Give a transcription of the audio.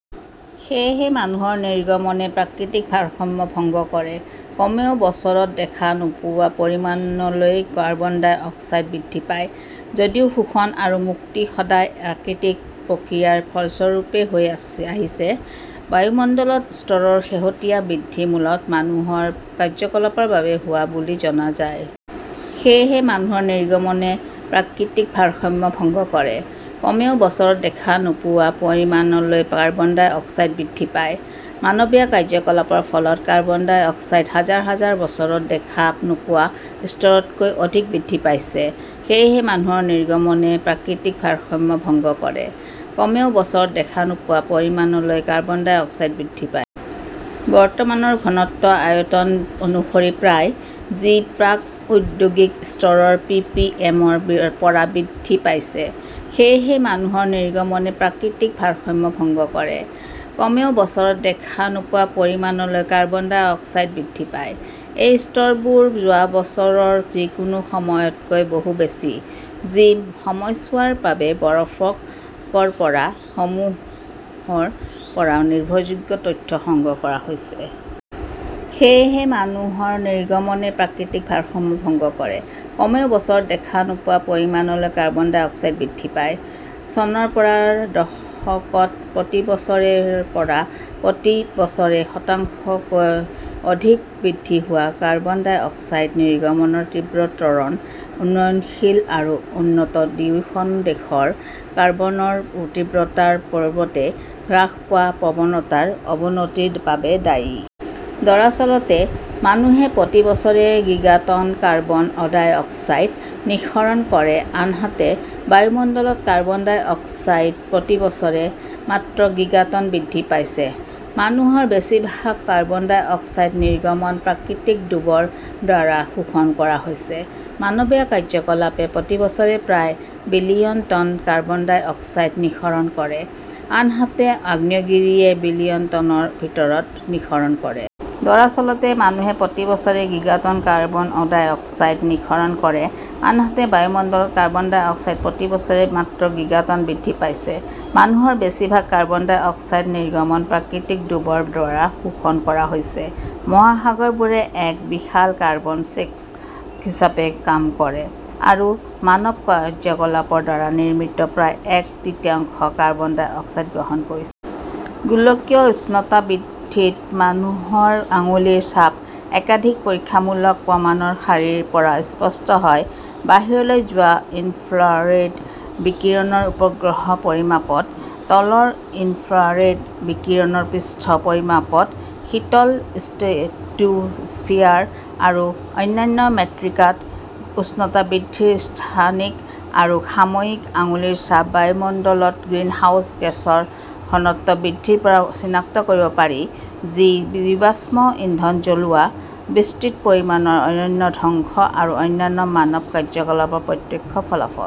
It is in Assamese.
সেয়েহে মানুহৰ নিৰ্গমনে প্ৰাকৃতিক ভাৰসাম্য ভংগ কৰে, কমেও বছৰত দেখা নোপোৱা পৰিমাণলৈ কাৰ্বন ডাই অক্সাইড বৃদ্ধি পায়। যদিও শোষণ আৰু মুক্তি সদায় প্ৰাকৃতিক প্ৰক্ৰিয়াৰ ফলস্বৰূপে হৈ আহিছে, বায়ুমণ্ডলত স্তৰৰ শেহতীয়া বৃদ্ধি মূলতঃ মানুহৰ কাৰ্যকলাপৰ বাবে হোৱা বুলি জনা যায়। সেয়েহে মানুহৰ নিৰ্গমনে প্ৰাকৃতিক ভাৰসাম্য ভংগ কৰে, কমেও বছৰত দেখা নোপোৱা পৰিমাণলৈ কাৰ্বন ডাই অক্সাইড বৃদ্ধি পায়। মানৱীয় কাৰ্যকলাপৰ ফলত কাৰ্বন ডাই অক্সাইড হাজাৰ হাজাৰ বছৰত দেখা নোপোৱা স্তৰতকৈ অধিক বৃদ্ধি পাইছে। সেয়েহে মানুহৰ নিৰ্গমনে প্ৰাকৃতিক ভাৰসাম্য ভংগ কৰে, কমেও বছৰত দেখা নোপোৱা পৰিমাণলৈ কাৰ্বন ডাই অক্সাইড বৃদ্ধি পায়। বৰ্তমানৰ ঘনত্ব আয়তন অনুসৰি প্ৰায়, যি প্ৰাক-ঔদ্যোগিক স্তৰৰ পিপিএমৰ পৰা বৃদ্ধি পাইছে। সেয়েহে মানুহৰ নিৰ্গমনে প্ৰাকৃতিক ভাৰসাম্য ভংগ কৰে, কমেও বছৰত দেখা নোপোৱা পৰিমাণলৈ কাৰ্বন ডাই অক্সাইড বৃদ্ধি পায়। এই স্তৰবোৰ যোৱা বছৰৰ যিকোনো সময়তকৈ বহু বেছি, যি সময়ছোৱাৰ বাবে বৰফৰ ক "ৰসমূহৰ পৰা নিৰ্ভৰযোগ্য তথ্য সংগ্ৰহ কৰা হৈছে। সেয়েহে মানুহৰ নিৰ্গমনে প্ৰাকৃতিক ভাৰসাম্য ভংগ কৰে, কমেও বছৰত দেখা নোপোৱা পৰিমাণলৈ কাৰ্বন ডাই অক্সাইড বৃদ্ধি পায়। চনৰ পৰা -ৰ দশকত প্ৰতি বছৰে ৰ পৰা প্ৰতি বছৰে শতাংশতকৈ অধিক বৃদ্ধি হোৱা কাৰ্বন ডাই অক্সাইড নিৰ্গমনৰ তীব্ৰ ত্বৰণ উন্নয়নশীল আৰু উন্নত দুয়োখন দেশৰ কাৰ্বনৰ তীব্ৰতাৰ পূৰ্বতে হ্ৰাস পোৱা প্ৰৱণতাৰ অৱনতিৰ বাবে দায়ী। দৰাচলতে, মানুহে প্ৰতি বছৰে গিগাটন কাৰ্বন ডাই অক্সাইড নিঃসৰণ কৰে আনহাতে বায়ুমণ্ডলত কাৰ্বন ডাই অক্সাইড প্ৰতি বছৰে মাত্ৰ গিগাটন বৃদ্ধি পাইছে-মানুহৰ বেছিভাগ কাৰ্বন ডাই অক্সাইড নিৰ্গমন প্ৰাকৃতিক ডুবৰ দ্বাৰা শোষণ কৰা হৈছে। মানৱীয় কাৰ্যকলাপে প্ৰতি বছৰে প্ৰায় billion ton carbon dioxide নিঃসৰণ কৰে, আনহাতে আগ্নেয়গিৰিয়ে বিলিয়ন টনৰ ভিতৰত নিঃসৰণ কৰে। দৰাচলতে, মানুহে প্ৰতি বছৰে গিগাটন কাৰ্বন ডাই অক্সাইড নিঃসৰণ কৰে আনহাতে বায়ুমণ্ডলত কাৰ্বন ডাই অক্সাইড প্ৰতি বছৰে মাত্ৰ গিগাটন বৃদ্ধি পাইছে-মানুহৰ বেছিভাগ কাৰ্বন ডাই অক্সাইড নিৰ্গমন প্ৰাকৃতিক ডুবৰ দ্বাৰা শোষণ কৰা হৈছে। মহাসাগৰবোৰে এক বিশাল কাৰ্বন ছিঙ্ক হিচাপে কাম কৰে, আৰু মানৱ কাৰ্য্যকলাপৰ দ্বাৰা নিৰ্মিত প্ৰায় এক তৃতীয়াংশ কাৰ্বন ডাই অক্সাইড গ্ৰহণ কৰিছে। গোলকীয় উষ্ণতা বৃদ্ধিত মানুহৰ আঙুলিৰ ছাপ একাধিক পৰীক্ষামূলক প্ৰমাণৰ শাৰীৰ পৰা স্পষ্ট হয়-বাহিৰলৈ যোৱা ইনফ্ৰাৰেড বিকিৰণৰ উপগ্ৰহ পৰিমাপত, তলৰ ইনফ্ৰাৰেড বিকিৰণৰ পৃষ্ঠ পৰিমাপত, শীতল ষ্ট্ৰেটোস্ফিয়াৰ আৰু অন্যান্য মেট্ৰিকাত। উষ্ণতা বৃদ্ধিৰ স্থানিক আৰু সাময়িক আঙুলিৰ ছাপ বায়ুমণ্ডলত গ্ৰীণহাউচ গেছৰ ঘনত্ব বৃদ্ধিৰ পৰা চিনাক্ত কৰিব পাৰি, যি জীৱাশ্ম ইন্ধন জ্বলোৱা, বিস্তৃত পৰিমাণৰ অৰণ্য ধ্বংস আৰু অন্যান্য মানৱ কাৰ্যকলাপৰ প্ৰত্যক্ষ ফলাফল।